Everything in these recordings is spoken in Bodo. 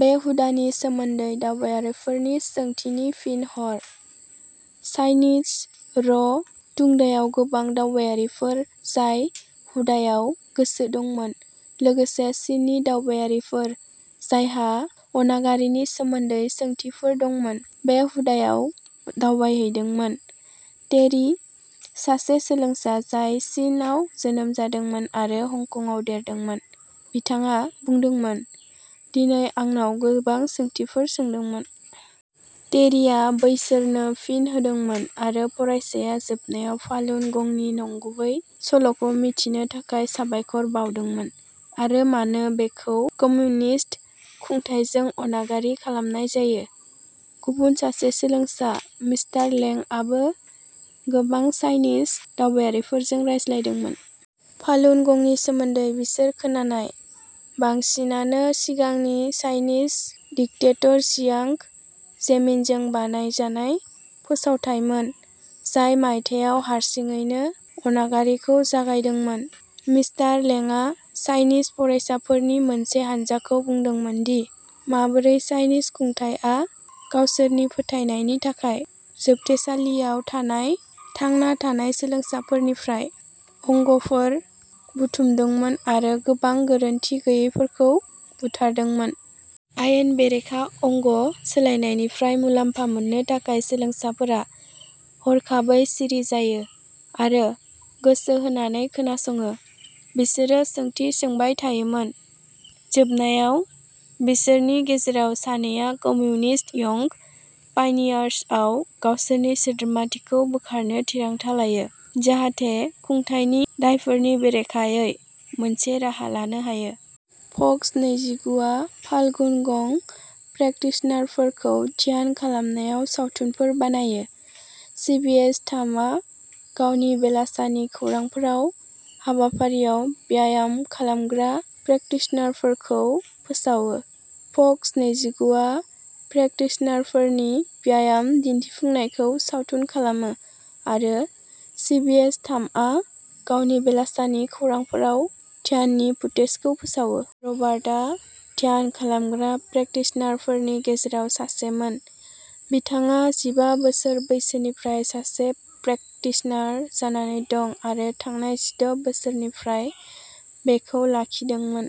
बे हुदानि सोमोन्दै दावबायारिफोरनि सोंथिनि फिन हर। चाइनिज र' टुंडायाव गोबां दावबायारिफोर जाय हुदायाव गोसो दंमोन, लोगोसे चीननि दावबायारिफोर जायहा अनागारिनि सोमोन्दै सोंथिफोर दंमोन, बे हुदायाव दावबायहैदोंमोन। टेरि, सासे सोलोंसा जाय चीनआव जोनोम जादोंमोन आरो हंकंआव देरदोंमोन, बिथाङा बुंदोंमोन, दिनै आंनाव गोबां सोंथिफोर सोंदोंमोन। टेरिआ बैसोरनो फिन होदोंमोन आरो फरायसाया जोबनायाव फालुन गंनि नंगुबै सल'खौ मिथिनो थाखाय साबायखर बावदोंमोन आरो मानो बेखौ कम्युनिस्ट खुंथायजों अनागारि खालामनाय जायो। गुबुन सासे सोलोंसा, मिस्टार लें, आबो गोबां चाइनीज दावबायारिफोरजों रायज्लायदोंमोन। फालुन गंनि सोमोन्दै बिसोरो खोनानाय बांसिनानो सिगांनि चाइनीज डिक्टेटर जियांग जेमिनजों बानायजानाय फोसावथायमोन, जाय मायथाइयाव हारसिङैनो अनागारिखौ जागायदोंमोन। मिस्टार लेंआ चाइनीज फरायसाफोरनि मोनसे हानजाखौ बुंदोंमोन दि माबोरै चाइनीज खुंथायआ गावसोरनि फोथायनायनि थाखाय जोबथेसालियाव थानाय थांना थानाय सोलोंसाफोरनिफ्राय अंगफोर बुथुमदोंमोन आरो गोबां गोरोनथि गैयैफोरखौ बुथारदोंमोन। आयेन बेरेखा अंग सोलायनायनिफ्राय मुलाम्फा मोननो थाखाय सोलोंसाफोरा हरखाबै सिरि जायो आरो गोसो होनानै खोनासङो। बिसोरो सोंथि सोंबाय थायोमोन। जोबनायाव, बिसोरनि गेजेराव सानैया कमिउनिस्ट यंग पायनियार्सआव गावसोरनि सोद्रोमाथिखौ बोखारनो थिरांथा लायो, जाहाथे खुंथायनि दायफोरनि बेरेखायै मोनसे राहा लानो हायो। फक्स नैजिगु आ फालुन गं प्रेकटिशनारफोरखौ ध्यान खालामनाय सावथुनफोर बानायो। सिबिएस थामआ गावनि बेलासानि खौरांफोराव हाबाफारियाव व्यायाम खालामग्रा प्रेकटिशनारफोरखौ फोसावो। फक्स नैजिगुआ प्रेकटिशनारफोरनि व्यायाम दिन्थिफुंनायखौ सावथुन खालामो आरो सिबिएस थामआ गावनि बेलासानि खौरांफोराव ध्याननि फुटेजखौ फोसावो। रबार्टआ ध्यान खालामग्रा प्रेकटिशनारफोरनि गेजेराव सासेमोन। बिथाङा जिबा बोसोर बैसोनिफ्राय सासे प्रेकटिशनार जानानै दं आरो थांनाय जिद' बोसोरफोरनिफ्राय बेखौ लाखिदोंमोन।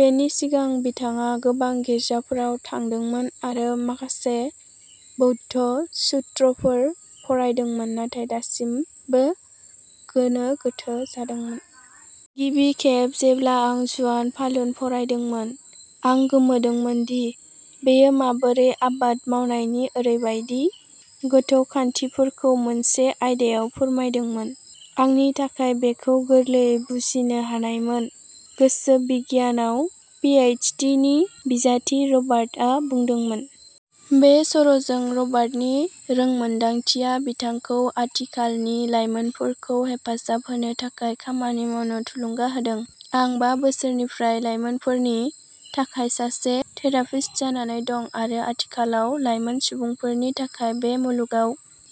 बेनि सिगां बिथाङा गोबां गिर्जाफोराव थांदोंमोन आरो माखासे बौद्ध सुत्रफोर फरायदोंमोन नाथाय दासिमबो गोनो गोथो जादोंमोन। गिबि खेब जेब्ला आं झुआन फालुन फरायदोंमोन, आं गोमोदोंमोन दि बेयो माबोरै आबाद मावनायनि ओरैबायदि गोथौ खान्थिफोरखौ मोनसे आयदायाव फोरमायदोंमोन। आंनि थाखाय बेखौ गोरलैयै बुजिनो हानायमोन, गोसो बिगियानाव पि एइच डि नि बिजाथि रबार्टआ बुंदोंमोन। बे सर'जों रबार्टनि रोंमोन्दांथिया बिथांखौ आथिखालनि लाइमोनफोरखौ हेफाजाब होनो थाखाय खामानि मावनो थुलुंगा होदों। आं बा बोसोरनिफ्राय लाइमोनफोरनि थाखाय सासे थेरापिस्ट जानानै दं आरो आथिखालाव लाइमोन सुबुंफोरनि थाखाय बे मुलुगाव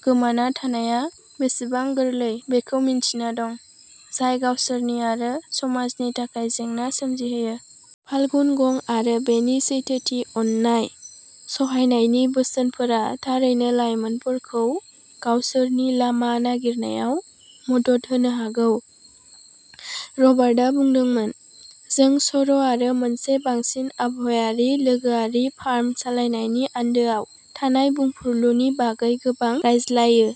गोमाना थानाया बेसेबां गोरलै बेखौ मिन्थिना दं, जाय गावसोरनि आरो समाजनि थाखाय जेंना सोमजिहोयो। फालुन गं आरो बेनि सैथोथि अननाय सहायनायनि बोसोनफोरा थारैनो लाइमोनफोरखौ गावसोरनि लामा नागिरनायाव मदद होनो हागौ, रबार्टआ बुंदोंमोन। जों सर' आरो मोनसे बांसिन आबहावायारि लोगोआरि फार्म सालायनायनि आन्दोआव थानाय बुंफुरलुनि बागै गोबां रायज्लायो।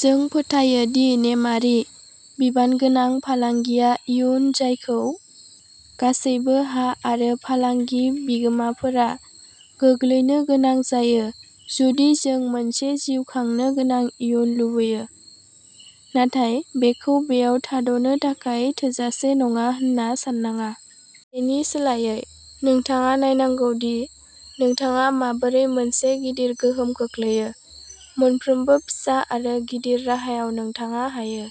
जों फोथायो दि नेमआरि, बिबानगोनां फालांगिया इयुन जायखौ गासैबो हा आरो फालांगि बिगोमाफोरा गोग्लैनो गोनां जायो जुदि जों मोनसे जिउ खांनो गोनां इयुन लुबैयो। नाथाय बेखौ बेयाव थाद'नो थाखाय थोजासे नङा होन्ना साननाङा। बेनि सोलायै, नोंथाङा नायनांगौ दि नोंथाङा माबोरै मोनसे गिदिर गोहोम खोख्लैयो। मोनफ्रोमबो फिसा आरो गिदिर राहायाव नोंथाङा हायो।